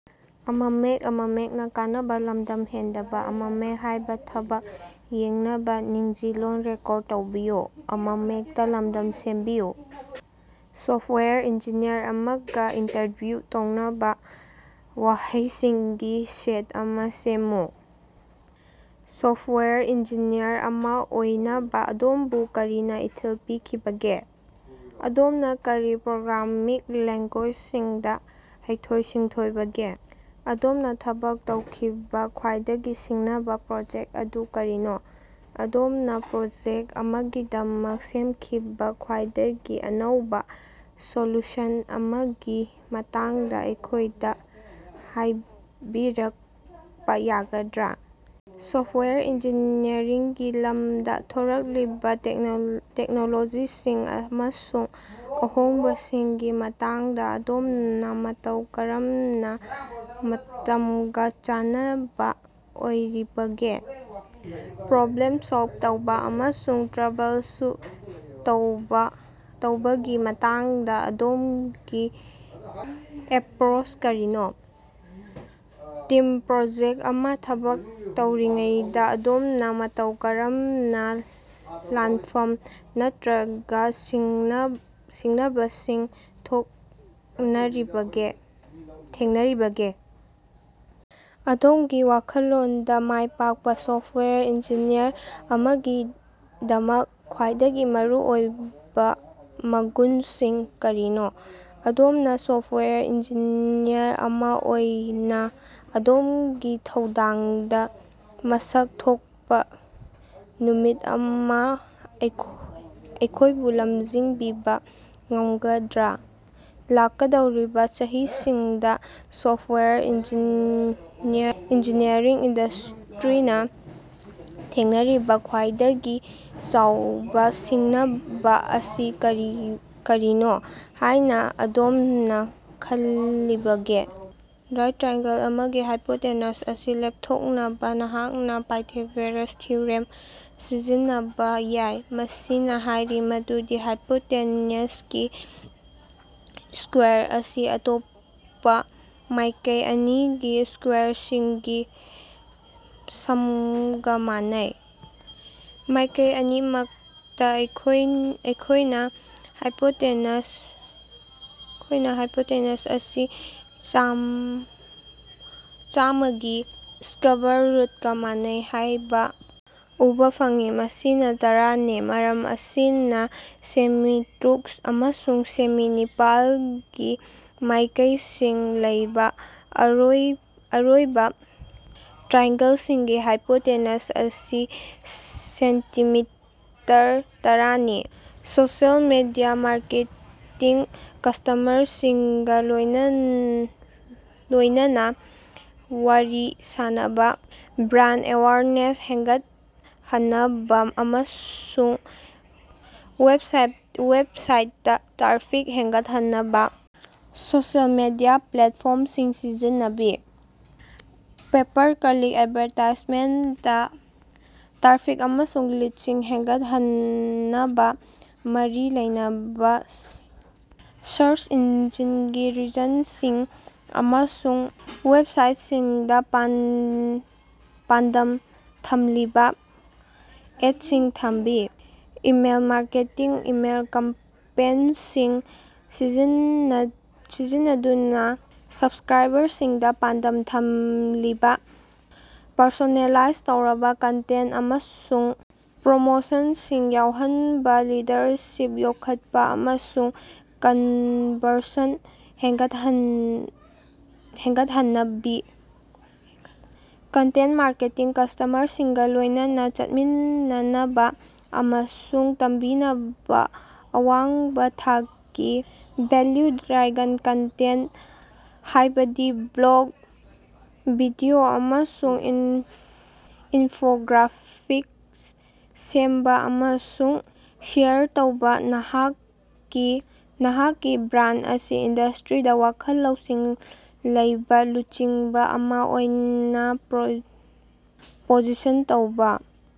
Software engineer ꯑꯃꯒ interview ꯇꯧꯅꯕꯥ ꯋꯥꯍꯩꯁꯤꯡꯒꯤ ꯁꯦꯠ ꯑꯃ ꯁꯦꯝꯃꯨ꯫ ꯁꯣꯐꯋꯦꯌꯔ ꯏꯟꯖꯤꯅꯤꯌꯔ ꯑꯃ ꯑꯣꯏꯅꯕ ꯑꯗꯣꯝꯕꯨ ꯀꯔꯤꯅ ꯏꯊꯤꯜ ꯄꯤꯈꯤꯕꯒꯦ? ꯑꯗꯣꯝꯅ ꯀꯔꯤ ꯄ꯭ꯔꯣꯒ꯭ꯔꯥꯃꯤꯡ ꯂꯦꯡꯒꯨꯌꯦꯖꯁꯤꯡꯗꯥ ꯍꯩꯊꯣꯏ-ꯁꯤꯡꯊꯣꯏꯕꯒꯦ? ꯑꯗꯣꯝꯅꯥ ꯊꯕꯛ ꯇꯧꯈꯤꯕꯥ ꯈ꯭ꯋꯥꯏꯗꯒꯤ ꯁꯤꯡꯅꯕ ꯄ꯭ꯔꯣꯖꯦꯛ ꯑꯗꯨ ꯀꯔꯤꯅꯣ? ꯑꯗꯣꯝꯅꯥ ꯄ꯭ꯔꯣꯖꯦꯛ ꯑꯃꯒꯤꯗꯃꯛ ꯁꯦꯝꯈꯤꯕ ꯈꯋꯥꯏꯗꯒꯤ ꯑꯅꯧꯕꯥ ꯁꯣꯂꯨꯁꯟ ꯑꯃꯒꯤ ꯃꯇꯥꯡꯗ ꯑꯩꯈꯣꯏꯗ ꯍꯥꯏꯕꯤꯔꯛꯄ ꯌꯥꯒꯗ꯭ꯔꯥ? ꯁꯣꯐꯋꯦꯌꯔ ꯏꯟꯖꯤꯅꯤꯌꯔꯤꯡꯒꯤ ꯂꯝꯗꯥ ꯊꯣꯔꯛꯂꯤꯕ ꯇꯦꯛꯅꯣꯂꯣꯖꯤꯁꯤꯡ ꯑꯃꯁꯨꯡ ꯑꯍꯣꯡꯕꯁꯤꯡꯒꯤ ꯃꯇꯥꯡꯗ ꯑꯗꯣꯝꯅ ꯃꯇꯧ ꯀꯔꯝꯅ ꯃꯇꯝꯒꯥ ꯆꯥꯟꯅꯕ ꯑꯣꯏꯔꯤꯕꯒꯦ? ꯄ꯭ꯔꯣꯕ꯭ꯂꯦꯝ ꯁꯣꯜꯕ ꯇꯧꯕ ꯑꯃꯁꯨꯡ ꯇ꯭ꯔꯕꯜꯁꯨꯠ ꯇꯧꯕꯒꯤ ꯃꯇꯥꯡꯗ ꯑꯗꯣꯝꯒꯤ ꯑꯦꯄ꯭ꯔꯣꯁ ꯀꯔꯤꯅꯣ? ꯇꯤꯝ ꯄ꯭ꯔꯣꯖꯦꯛ ꯑꯃꯗ ꯊꯕꯛ ꯇꯧꯔꯤꯉꯩꯗ ꯑꯗꯣꯝꯅ ꯃꯇꯧ ꯀꯔꯝꯅ ꯂꯥꯟꯐꯝ ꯅꯠꯇ꯭ꯔꯒ ꯁꯤꯡꯅꯕꯁꯤꯡ ꯊꯣꯛꯅꯔꯝꯕꯒꯦ ꯊꯦꯡꯅꯔꯤꯕꯒꯦ? ꯑꯗꯣꯝꯒꯤ ꯋꯥꯈꯜꯂꯣꯟꯗꯥ ꯃꯥꯏ ꯄꯥꯛꯄ ꯁꯣꯐꯋꯦꯌꯔ ꯏꯟꯖꯤꯅꯤꯌꯔ ꯑꯃꯒꯤꯗꯃꯛ ꯈ꯭ꯋꯥꯏꯗꯒꯤ ꯃꯔꯨꯑꯣꯏꯕ ꯃꯒꯨꯟꯁꯤꯡ ꯀꯔꯤꯅꯣ? ꯑꯗꯣꯝꯅ ꯁꯣꯐꯋꯦꯌꯔ ꯏꯟꯖꯤꯅꯤꯌꯔ ꯑꯃ ꯑꯣꯏꯅ ꯑꯗꯣꯝꯒꯤ ꯊꯧꯗꯥꯡꯗ ꯃꯁꯛ ꯊꯣꯛꯄ ꯅꯨꯃꯤꯠ ꯑꯃ ꯑꯩꯈꯣꯏꯕꯨ ꯂꯝꯖꯤꯡꯕꯤꯕꯥ ꯉꯝꯒꯗ꯭ꯔꯥ? ꯂꯥꯛꯀꯗꯧꯔꯤꯕꯥ ꯆꯍꯤꯁꯤꯡꯗꯥ ꯁꯣꯐꯋꯦꯌꯔ ꯏꯟꯖꯤꯅꯤꯌꯔꯤꯡ ꯏꯟꯗꯁꯇ꯭ꯔꯤꯅ ꯊꯦꯡꯅꯔꯤꯕꯥ ꯈ꯭ꯋꯥꯏꯗꯒꯤ ꯆꯥꯎꯕ ꯁꯤꯡꯅꯕ ꯑꯁꯤ ꯀꯔꯤꯅꯣ ꯍꯥꯏꯅ ꯑꯗꯣꯝꯅ ꯈꯜꯂꯤꯕꯒꯦ? ꯔꯥꯏꯠ ꯇ꯭ꯔꯥꯏꯑꯦꯡꯒꯜ ꯑꯃꯒꯤ ꯍꯥꯏꯄꯣꯇꯦꯅꯁ ꯑꯁꯤ ꯂꯦꯞꯊꯣꯛꯅꯕꯥ, ꯅꯍꯥꯛꯅ ꯄꯥꯏꯊꯥꯒꯣꯔꯤꯌꯟ ꯊꯤꯑꯣꯔꯤꯝ ꯁꯤꯖꯤꯟꯅꯕ ꯌꯥꯏ, ꯃꯁꯤꯅ ꯍꯥꯏꯔꯤ ꯃꯗꯨꯗꯤ ꯍꯥꯏꯄꯣꯇꯦꯅꯁꯀꯤ ꯁ꯭ꯀꯣꯌꯥꯔ ꯑꯁꯤ ꯑꯇꯣꯞꯄꯥ ꯃꯥꯏꯀꯩ ꯑꯅꯤꯒꯤ ꯁ꯭ꯀꯣꯌꯥꯔꯁꯤꯡꯒꯤ ꯁꯝꯒꯥ ꯃꯥꯟꯅꯩ꯫ ꯃꯥꯏꯀꯩ ꯑꯅꯤꯃꯛꯇꯥ, ꯑꯩꯈꯣꯏꯅ ꯍꯥꯏꯄꯣꯇꯦꯅꯁ ꯑꯁꯤ ꯆꯥꯝꯃꯥꯒꯤ ꯁ꯭ꯛꯕꯥꯔ ꯔꯨꯠꯀꯥ ꯃꯥꯟꯅꯩ ꯍꯥꯏꯕ ꯎꯕꯥ ꯐꯪꯏ, ꯃꯁꯤꯅ ꯇꯔꯥꯅꯤ, ꯃꯔꯝ ꯑꯁꯤꯅ ꯁꯦꯃꯤ ꯇꯔꯨꯛ ꯑꯃꯁꯨꯡ ꯁꯦꯃꯤ ꯅꯤꯄꯥꯜꯒꯤ ꯃꯥꯏꯀꯩꯁꯤꯡ ꯂꯩꯕ ꯑꯔꯣꯏꯕ ꯇ꯭ꯔꯥꯏꯑꯦꯡꯒꯜꯒꯤ ꯍꯥꯏꯄꯣꯇꯦꯅꯁ ꯑꯁꯤ ꯁꯦꯟꯇꯤꯃꯤꯇꯔ ꯇꯔꯥꯅꯤ꯫ ꯁꯣꯁꯤꯑꯦꯜ ꯃꯤꯗꯤꯌꯥ ꯃꯥꯔꯀꯦꯇꯤꯡ ꯀꯁꯇꯃꯔꯁꯤꯡꯒꯥ ꯂꯣꯏꯅꯅ ꯋꯥꯔꯤ ꯁꯥꯟꯅꯕ, ꯕ꯭ꯔꯥꯟꯗ ꯑꯦꯋꯦꯌꯔꯅꯦꯁ ꯍꯦꯟꯒꯠꯍꯟꯅꯕꯥ ꯑꯃꯁꯨꯡ ꯋꯦꯕꯁꯥꯏꯠꯇꯥ ꯇ꯭ꯔꯥꯐꯤꯛ ꯍꯦꯟꯒꯠꯍꯟꯅꯕꯥ ꯁꯣꯁꯤꯑꯦꯜ ꯃꯤꯗꯤꯌꯥ ꯄ꯭ꯂꯦꯠꯐꯣꯝꯁꯤꯡ ꯁꯤꯖꯤꯟꯅꯕꯤ꯫ ꯄꯦꯄꯥꯔ-ꯀ꯭ꯂꯤꯛ ꯑꯦꯗꯚꯥꯔꯇꯥꯏꯖꯃꯦꯟꯇ ꯇ꯭ꯔꯥꯐꯤꯛ ꯑꯃꯁꯨꯡ ꯂꯤꯗꯁꯤꯡ ꯍꯦꯟꯒꯠꯍꯟꯅꯕꯥ ꯃꯔꯤ ꯂꯩꯅꯕꯥ ꯁꯔꯁ ꯏꯟꯖꯤꯟꯒꯤ ꯔꯤꯖꯜꯁꯤꯡ ꯑꯃꯁꯨꯡ ꯋꯦꯕꯁꯥꯏꯠꯁꯤꯡꯗꯥ ꯄꯥꯟꯗꯝ ꯊꯝꯂꯤꯕ ꯑꯦꯠꯁꯤꯡ ꯊꯝꯕꯤ꯫ ꯏꯃꯦꯜ ꯃꯥꯔꯀꯦꯇꯤꯡ ꯏꯃꯦꯜ ꯀꯦꯝꯄꯦꯟꯁꯤꯡ ꯁꯤꯖꯤꯟꯅꯗꯨꯅꯥ ꯁꯞꯁꯀ꯭ꯔꯥꯏꯕꯔꯁꯤꯡꯗꯥ ꯄꯥꯟꯗꯝ ꯊꯝꯂꯤꯕ, ꯄꯔꯁꯣꯅꯦꯂꯥꯏꯖ ꯇꯧꯔꯕ ꯀꯟꯇꯦꯟ ꯑꯃꯁꯨꯡ ꯄ꯭ꯔꯣꯃꯣꯁꯟꯁꯤꯡ ꯌꯧꯍꯟꯕꯥ, ꯂꯤꯗꯔꯁꯤꯡ ꯌꯣꯛꯈꯠꯄ ꯑꯃꯁꯨꯡ ꯀꯟꯕꯔꯁꯟ ꯍꯦꯟꯒꯠꯍꯟꯅꯕꯤ꯫ ꯀꯟꯇꯦꯟ ꯃꯥꯔꯀꯦꯇꯤꯡ ꯀꯁꯇꯃꯔꯁꯤꯡꯒ ꯂꯣꯏꯅꯅ ꯆꯠꯃꯤꯟꯅꯅꯕ ꯑꯃꯁꯨꯡ ꯇꯝꯕꯤꯅꯕ ꯑꯋꯥꯡꯕꯥ ꯊꯥꯛꯀꯤ, ꯚꯦꯜꯂꯨ-ꯗ꯭ꯔꯥꯏꯚꯟ ꯀꯟꯇꯦꯟ, ꯍꯥꯏꯕꯗꯤ ꯕ꯭ꯂꯣꯒ, ꯚꯤꯗꯤꯑꯣ ꯑꯃꯁꯨꯡ ꯏꯟꯐꯣꯒ꯭ꯔꯥꯐꯤꯛꯁ ꯁꯦꯝꯕꯥ ꯑꯃꯁꯨꯡ ꯁꯦꯌꯔ ꯇꯧꯕ, ꯅꯍꯥꯛꯀꯤ ꯕ꯭ꯔꯥꯟ ꯑꯁꯤ ꯏꯟꯗꯁꯇ꯭ꯔꯤꯗꯥ ꯋꯥꯈꯜ ꯂꯧꯁꯤꯡ ꯂꯩꯕꯥ ꯂꯨꯆꯤꯡꯕ ꯑꯃ ꯑꯣꯏꯅ ꯄꯣꯖꯤꯁꯟ ꯇꯧꯕ꯫